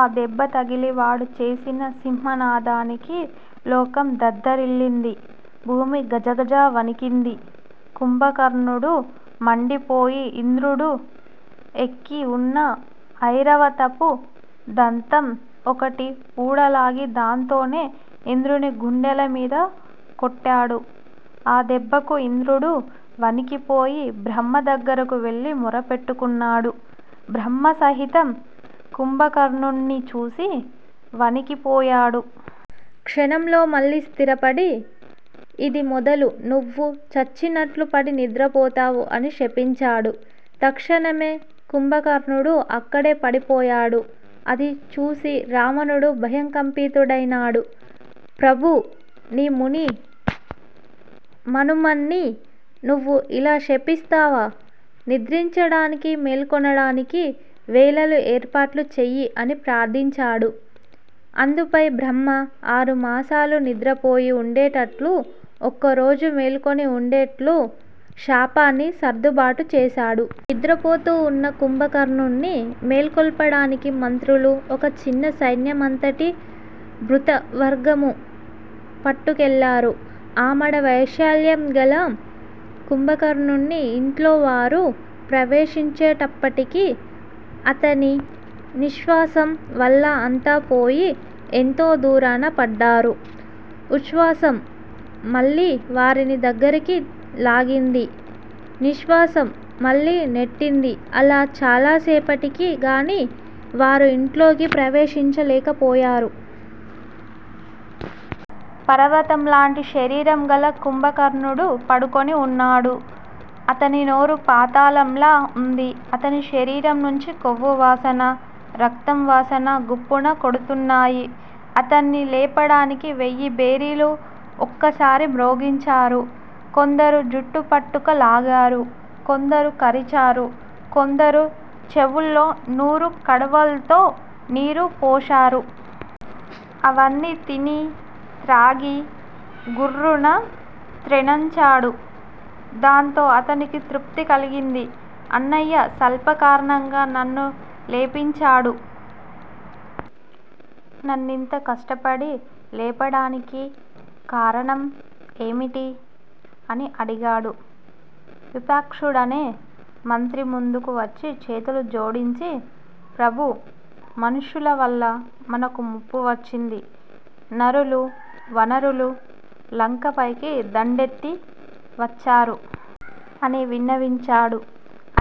ఆ దెబ్బతగిలి వాడు చేసిన సింహనాదానికి లోకం దద్దరిల్లింది. భూమి గజగజా వణికింది. కుంభకర్ణుడు మండిపోయి ఇంద్రుడు ఎక్కి వున్న ఐరావతపు దంతం ఒకటి ఊడలాగి దాంతోనే ఇంద్రుని గుండెలమీద కొట్టాడు. ఆ దెబ్బకు ఇంద్రుడు వణికిపోయి బ్రహ్మ దగ్గరకు వెళ్లి మొరపెట్టకున్నాడు. బ్రహ్మ సహితం కుంభకర్ణుణ్ణి చూసి వణికిపోయాడు. క్షణంలో మళ్లీ స్థిరపడి ఇది మొదలు నువ్వు చచ్చినట్లుపడి నిద్రపోతావు అని శపించాడు. తక్షణమే కుంభకర్ణుడు అక్కడే పడిపోయాడు. అది చూసి రావణుడు భయకంపితుడైనాడు. ప్రభూ! నీ ముని మనుమణ్ని నువ్వు ఇలా శపిస్తావా? నిద్రించడానికి మేల్కొనడానికి వేళలు ఏర్పాట్లు చెయ్యి అని ప్రార్దించాడు. అందుపై బ్రహ్మ 'ఆరు మాసాలు నిద్రపోయి వుండేటట్లూ, ఒక్కరోజు మేలుకొని వుండేట్లూ, శాపాన్ని సర్దుపాటు చేశాడు. నిద్రపోతూ వున్న కుంభకర్ణుణ్ని మేల్కొల్పడానికి మంత్రులూ, ఒక చిన్న సైన్యమంతటి భృతవర్గమూ పట్టుకెళ్లారు. ఆమడ వైశాల్యంగల కుంభకర్ణుని ఇంట్లోవారు ప్రవేశించేటప్పటికి అతని నిశ్శ్వాసం వల్ల అంతా పోయి ఎంతో దూరాన పడ్డారు. ఉచ్చ్వాసం మళ్లీ వారిని దగ్గరికి లాగింది. నిశ్శ్వాసం మళ్లీ నెట్టింది. అలా చాలా సేపటికిగాని వారు ఇంట్లోకి ప్రవేశించలేకపోయారు. పర్వతంలాంటి శరీరంగల కుంభకర్ణుడు పడుకుని వున్నాడు. అతని నోరు పాతాళంలా వుంది. అతని శరీరం నుంచి కొవ్వు వాసనా, రక్తం వాసనా గుప్పున కొడుతున్నాయి. అతణ్ని లేపడానికి వెయ్యిభేరీలు ఒక్కసారి మ్రోగించారు. కొందరు జుట్టు పట్టుకులాగారు. కొందరు కరిచారు. కొందరు చెవుల్లో నూరుకడవల్తో నీరు పోశారు. అవన్నీ తిని త్రాగీ గుర్రున త్రేన్చాడు. దాంతో అతనికి తృప్తి కలిగింది. అన్నయ్య స్వల్పకారణంగా నన్ను లేపించాడు. నన్నింత కష్టపడి లేపడానికి కారణం ఏమిటి? అని అడిగాడు. యూపాక్షుడనే మంత్రి ముందుకు వచ్చి చేతులు జోడించి ప్రభూ! మనుష్యులవల్ల మనకు ముప్పువచ్చింది. నరులూ, వానరులూ, లంక పైకి దండెత్తి వచ్చారు. ' అని విన్నవించాడు.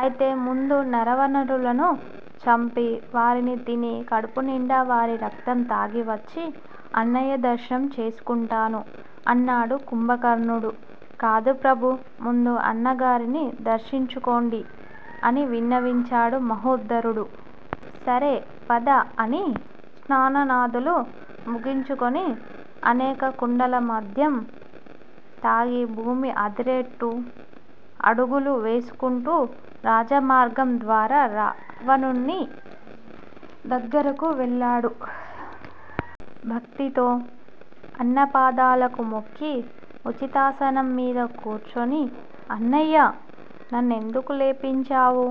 అయితే ముందు నరవానరులను చంపి వారిని తిని కడుపునిండా వారి రక్తం తాగివచ్చి అన్నయ్య దర్శనం చేసుకుంటాను అన్నాడు కుంభకర్ణుడు. కాదు ప్రభూ! ముందు అన్నగారిని దర్శించుకోండి అని విన్నవించాడు మహోదరుడు. సరే, పద అని స్నానాదులు ముగించుకుని అనేక కుండల మద్యం తాగి భూమి అదిరేట్టు అడుగులు వేసుకుంటూ రాజమార్గం ద్వారా రావణుని దగ్గరకు వెళ్లాడు. భక్తితో అన్నపాదాలకు మొక్కి ఉచితాసనం మీద కూర్చుని అన్నయ్యా! నన్నెందుకు లేపించావు?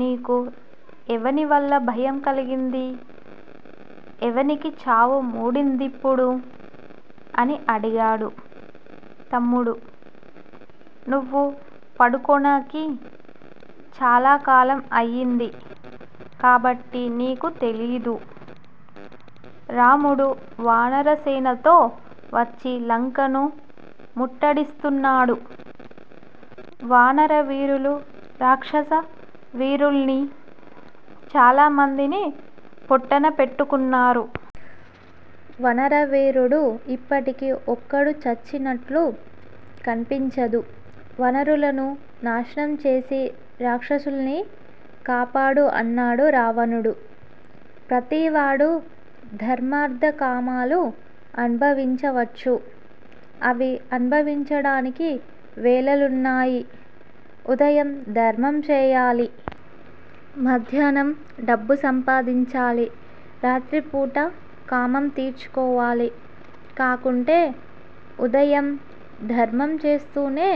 నీకు ఎవనివల్ల భయం కలిగింది? ఎవనికి చావు మూడిందిప్పుడు? అని అడిగాడు. తమ్ముడూ! నువ్వు పడుకొనకి చాలాకాలం అయింది. కాబట్టి నీకు తెలియదు. రాముడు వానరసేనతో వచ్చి లంకను ముట్టడిస్తున్నాడు. వానరవీరులు రాక్షస వీరుల్ని చాలమందిని పొట్టనపెట్టుకున్నారు. వానర వీరుడు ఇప్పటికి ఒక్కడూ చచ్చినట్లు కనిపించదు. వానరులను నాశనం చేసి రాక్షసుల్ని కాపాడు అన్నాడు రావణుడు. ప్రతివాడూ ధర్మార్దకామాలు అనుభవించవచ్చు. అవి అనుభవించడానికి వేళలున్నాయి. ఉదయం ధర్మంచేయాలి. మధ్యాహ్నం డబ్బు సంపాదించాలి. రాత్రిపూట కామం తీర్చుకోవాలి. కాకుంటే ఉదయం ధర్మంచేస్తూనే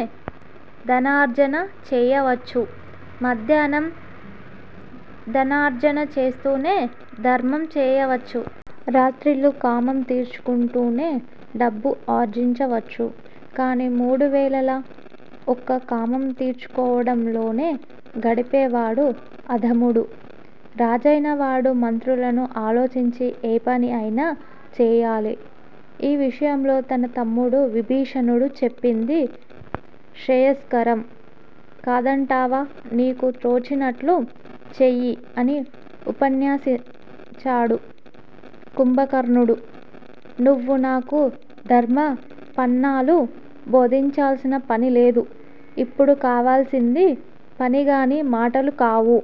ధనార్జనచేయవచ్చు. మధ్యాహ్నం ధనార్జనచేస్తూనే ధర్మం చేయవచ్చు. రాత్రిళ్ళు కామం తీర్చుకుంటూనే డబ్బు ఆర్జించవచ్చు. కాని మూడువేళలా ఒక్క కామం తీర్చుకోవడంలోనే గడిపేవాడు అధముడు. రాజైనవాడు మంత్రులను ఆలోచించి ఏ పని అయినా చేయాలి. ఈ విషయంలో తన తమ్ముడు విభీషణుడు చెప్పింది శ్రేయస్కరం. కాదంటావా నీకు తోచినట్లు చెయ్యి అని ఉపన్యసించాడు కుంభకర్ణుడు. నువ్వు నాకు ధర్మపన్నాలు బోధించాల్సిన పనిలేదు. ఇప్పుడు కావాల్సింది. పనిగాని మాటలుకావు.